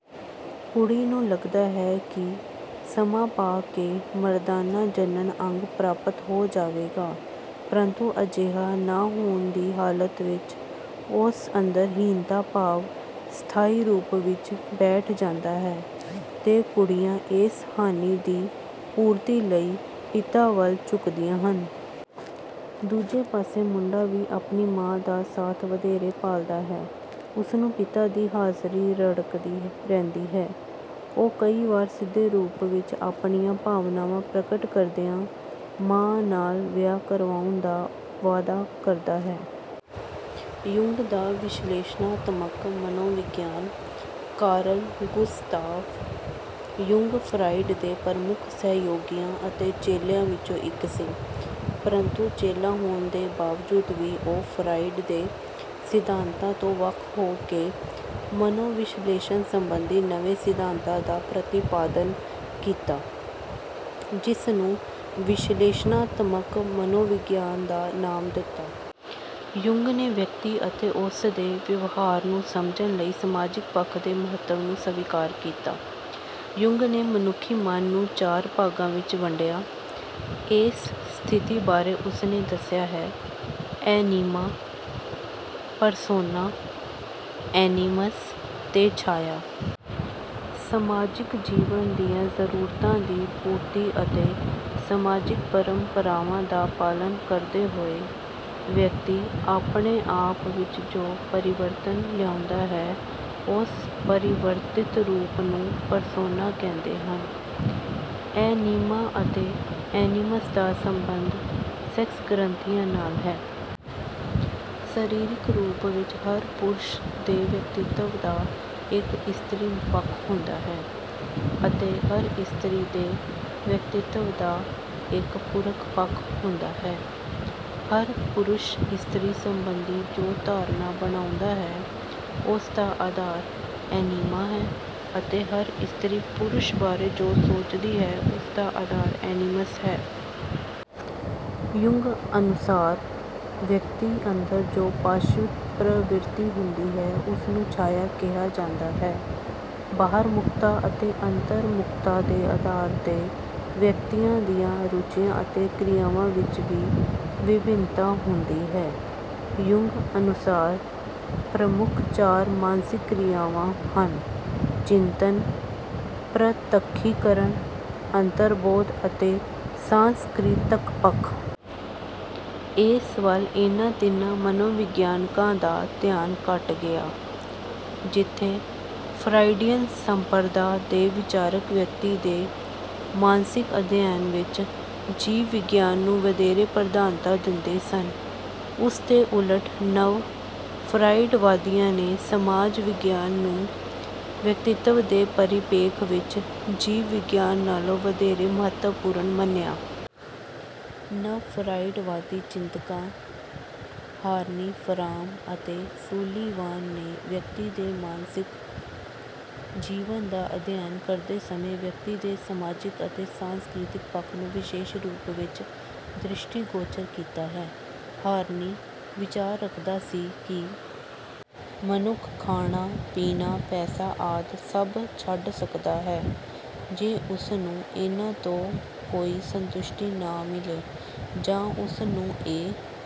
ਕੁੜੀ ਨੂੰ ਲੱਗਦਾ ਹੈ ਕਿ ਸਮਾਂ ਪਾ ਕੇ ਮਰਦਾਨਾ ਜਣਨ ਅੰਗ ਪ੍ਰਾਪਤ ਹੋ ਜਾਵੇਗਾ, ਪ੍ਰੰਤੂ ਅਜਿਹਾ ਨਾ ਹੋਣ ਦੀ ਹਾਲਤ ਵਿੱਚ ਉਸ ਅੰਦਰ ਹੀਨਤਾ ਭਾਵ ਸਥਾਈ ਰੂਪ ਵਿੱਚ ਬੈਠ ਜਾਂਦਾ ਹੈ ਤੇ ਕੁੜੀਆਂ ਇਸ ਹਾਨੀ ਦੀ ਪੂਰਤੀ ਲਈ ਪਿਤਾ ਵੱਲ ਝੁਕਦੀਆਂ ਹਨ। ਦੂਜੇ ਪਾਸੇ ਮੁੰਡਾ ਵੀ ਆਪਣੀ ਮਾਂ ਦਾ ਸਾਥ ਵਧੇਰੇ ਭਾਲਦਾ ਹੈ। ਉਸਨੂੰ ਪਿਤਾ ਦੀ ਹਾਜ਼ਰੀ ਰੜਕਦੀ ਰਹਿੰਦੀ ਹੈ। ਉਹ ਕਈ ਵਾਰ ਸਿੱਧੇ ਰੂਪ ਵਿੱਚ ਆਪਣੀਆਂ ਭਾਵਨਾਵਾਂ ਪ੍ਰਗਟ ਕਰਦਿਆਂ ਮਾਂ ਨਾਲ ਵਿਆਹ ਕਰਵਾਉਣ ਦਾ ਵਾਅਦਾ ਕਰਦਾ ਹੈ। ਯੁੰਗ ਦਾ ਵਿਸ਼ਲੇਸ਼ਣਾਤਮਕ ਮਨੋਵਿਗਿਆਨ: ਕਾਰਲ ਗੁਸਤਾਵ ਯੁੰਗ ਫਰਾਇਡ ਦੇ ਪ੍ਰਮੁੱਖ ਸਹਿਯੋਗੀਆਂ ਅਤੇ ਚੇਲਿਆਂ ਵਿੱਚੋਂ ਇੱਕ ਸੀ, ਪ੍ਰੰਤੂ ਚੇਲਾ ਹੋਣ ਦੇ ਬਾਵਜੂਦ ਵੀ ਉਹ ਫਰਾਇਡ ਦੇ ਸਿਧਾਂਤਾਂ ਤੋਂ ਵੱਖ ਹੋ ਕੇ ਮਨੋਵਿਸ਼ਲੇਸ਼ਣ ਸੰਬੰਧੀ ਨਵੇਂ ਸਿਧਾਂਤਾਂ ਦਾ ਪ੍ਰਤੀਪਾਦਨ ਕੀਤਾ, ਜਿਸਨੂੰ ਵਿਸ਼ਲੇਸ਼ਣਾਤਮਕ ਮਨੋਵਿਗਿਆਨ ਦਾ ਨਾਮ ਦਿੱਤਾ। ਯੁੰਗ ਨੇ ਵਿਅਕਤੀ ਅਤੇ ਉਸਦੇ ਵਿਵਹਾਰ ਨੂੰ ਸਮਝਣ ਲਈ ਸਮਾਜਿਕ ਪੱਖ ਦੇ ਮਹੱਤਵ ਨੂੰ ਸਵੀਕਾਰ ਕੀਤਾ। ਯੁੰਗ ਨੇ ਮਨੁੱਖੀ ਮਨ ਨੂੰ ਚਾਰ ਭਾਗਾਂ ਵਿੱਚ ਵੰਡਿਆ। ਇਸ ਸਥਿਤੀ ਬਾਰੇ ਉਸਨੇ ਦੱਸਿਆ ਹੈ: ਐਨੀਮਾ, ਪਰਸੋਨਾ, ਐਨੀਮਸ ਤੇ ਛਾਇਆ। ਸਮਾਜਿਕ ਜੀਵਨ ਦੀਆਂ ਜ਼ਰੂਰਤਾਂ ਦੀ ਪੂਰਤੀ ਅਤੇ ਸਮਾਜਿਕ ਪਰੰਪਰਾਵਾਂ ਦਾ ਪਾਲਣ ਕਰਦੇ ਹੋਏ ਵਿਅਕਤੀ ਆਪਣੇ ਆਪ ਵਿੱਚ ਜੋ ਪਰਿਵਰਤਨ ਲਿਆਉਂਦਾ ਹੈ, ਉਸ ਪਰਿਵਰਤਿਤ ਰੂਪ ਨੂੰ ਪਰਸੋਨਾ ਕਹਿੰਦੇ ਹਨ। ਐਨੀਮਾ ਅਤੇ ਐਨੀਮਸ ਦਾ ਸੰਬੰਧ ਸੈਕਸ ਗ੍ਰੰਥੀਆਂ ਨਾਲ ਹੈ। ਸਰੀਰਿਕ ਰੂਪ ਵਿੱਚ ਹਰ ਪੁਰਸ਼ ਦੇ ਵਿਅਕਤਿਤਵ ਦਾ ਇੱਕ ਇਸਤਰੀ ਪੱਖ ਹੁੰਦਾ ਹੈ ਅਤੇ ਹਰ ਇਸਤਰੀ ਦੇ ਵਿਅਕਤਿਤਵ ਦਾ ਇੱਕ ਪੁਰਖ ਪੱਖ ਹੁੰਦਾ ਹੈ। ਹਰ ਪੁਰਸ਼ ਇਸਤਰੀ ਸੰਬੰਧੀ ਜੋ ਧਾਰਨਾ ਬਣਾਉਂਦਾ ਹੈ, ਉਸਦਾ ਆਧਾਰ ਐਨੀਮਾ ਹੈ ਅਤੇ ਹਰ ਇਸਤਰੀ ਪੁਰਸ਼ ਬਾਰੇ ਜੋ ਸੋਚਦੀ ਹੈ, ਉਸਦਾ ਆਧਾਰ ਐਨੀਮਸ ਹੈ। ਯੁੰਗ ਅਨੁਸਾਰ ਵਿਅਕਤੀ ਅੰਦਰ ਜੋ ਪਾਸ਼ਵਿਕ ਪ੍ਰਵਿਰਤੀ ਹੁੰਦੀ ਹੈ, ਉਸਨੂੰ ਛਾਇਆ ਕਿਹਾ ਜਾਂਦਾ ਹੈ। ਬਾਹਰਮੁਖਤਾ ਅਤੇ ਅੰਤਰਮੁਖਤਾ ਦੇ ਆਧਾਰ ਤੇ ਵਿਅਕਤੀਆਂ ਦੀਆਂ ਰੁਚੀਆਂ ਅਤੇ ਕ੍ਰਿਆਵਾਂ ਵਿੱਚ ਵੀ ਵਿਭਿੰਨਤਾ ਹੁੰਦੀ ਹੈ। ਯੁੰਗ ਅਨੁਸਾਰ ਪ੍ਰਮੁੱਖ ਚਾਰ ਮਾਨਸਿਕ ਕ੍ਰਿਆਵਾਂ ਹਨ: ਚਿੰਤਨ, ਪ੍ਰਤੱਖੀਕਰਨ, ਅੰਤਰਬੋਧ ਅਤੇ ਸਾਂਸਕ੍ਰਿਤਕ ਪੱਖ। ਇਸ ਵੱਲ ਇਨ੍ਹਾਂ ਤਿੰਨਾਂ ਮਨੋਵਿਗਿਆਨਕਾਂ ਦਾ ਧਿਆਨ ਘੱਟ ਗਿਆ। ਜਿੱਥੇ ਫਰਾਇਡੀਅਨ ਸੰਪਰਦਾ ਦੇ ਵਿਚਾਰਕ ਵਿਅਕਤੀ ਦੇ ਮਾਨਸਿਕ ਅਧਿਐਨ ਵਿੱਚ ਜੀਵ ਵਿਗਿਆਨ ਨੂੰ ਵਧੇਰੇ ਪ੍ਰਧਾਨਤਾ ਦਿੰਦੇ ਸਨ, ਉਸਦੇ ਉਲਟ ਨਵ-ਫਰਾਇਡਵਾਦੀਆਂ ਨੇ ਸਮਾਜ ਵਿਗਿਆਨ ਨੂੰ ਵਿਅਕਤਿਤਵ ਦੇ ਪਰਿਪੇਖ ਵਿੱਚ ਜੀਵ ਵਿਗਿਆਨ ਨਾਲੋਂ ਵਧੇਰੇ ਮਹੱਤਵਪੂਰਨ ਮੰਨਿਆ। ਨਵ-ਫਰਾਇਡਵਾਦੀ ਚਿੰਤਕਾਂ ਹਾਰਨੀ, ਫਰਾਮ ਅਤੇ ਸੂਲੀਵਾਨ ਨੇ ਵਿਅਕਤੀ ਦੇ ਮਾਨਸਿਕ ਜੀਵਨ ਦਾ ਅਧਿਐਨ ਕਰਦੇ ਸਮੇਂ ਵਿਅਕਤੀ ਦੇ ਸਮਾਜਿਕ ਅਤੇ ਸਾਂਸਕ੍ਰਿਤਕ ਪੱਖ ਨੂੰ ਵਿਸ਼ੇਸ਼ ਰੂਪ ਵਿੱਚ ਦ੍ਰਿਸ਼ਟੀਗੋਚਰ ਕੀਤਾ ਹੈ। ਹਾਰਨੀ ਵਿਚਾਰ ਰੱਖਦਾ ਸੀ ਕਿ ਮਨੁੱਖ ਖਾਣਾ, ਪੀਣਾ, ਪੈਸਾ ਆਦਿ ਸਭ ਛੱਡ ਸਕਦਾ ਹੈ ਜੇ ਉਸਨੂੰ ਇਨ੍ਹਾਂ ਤੋਂ ਕੋਈ ਸੰਤੁਸ਼ਟੀ ਨਾ ਮਿਲੇ ਜਾਂ ਉਸਨੂੰ ਇਹ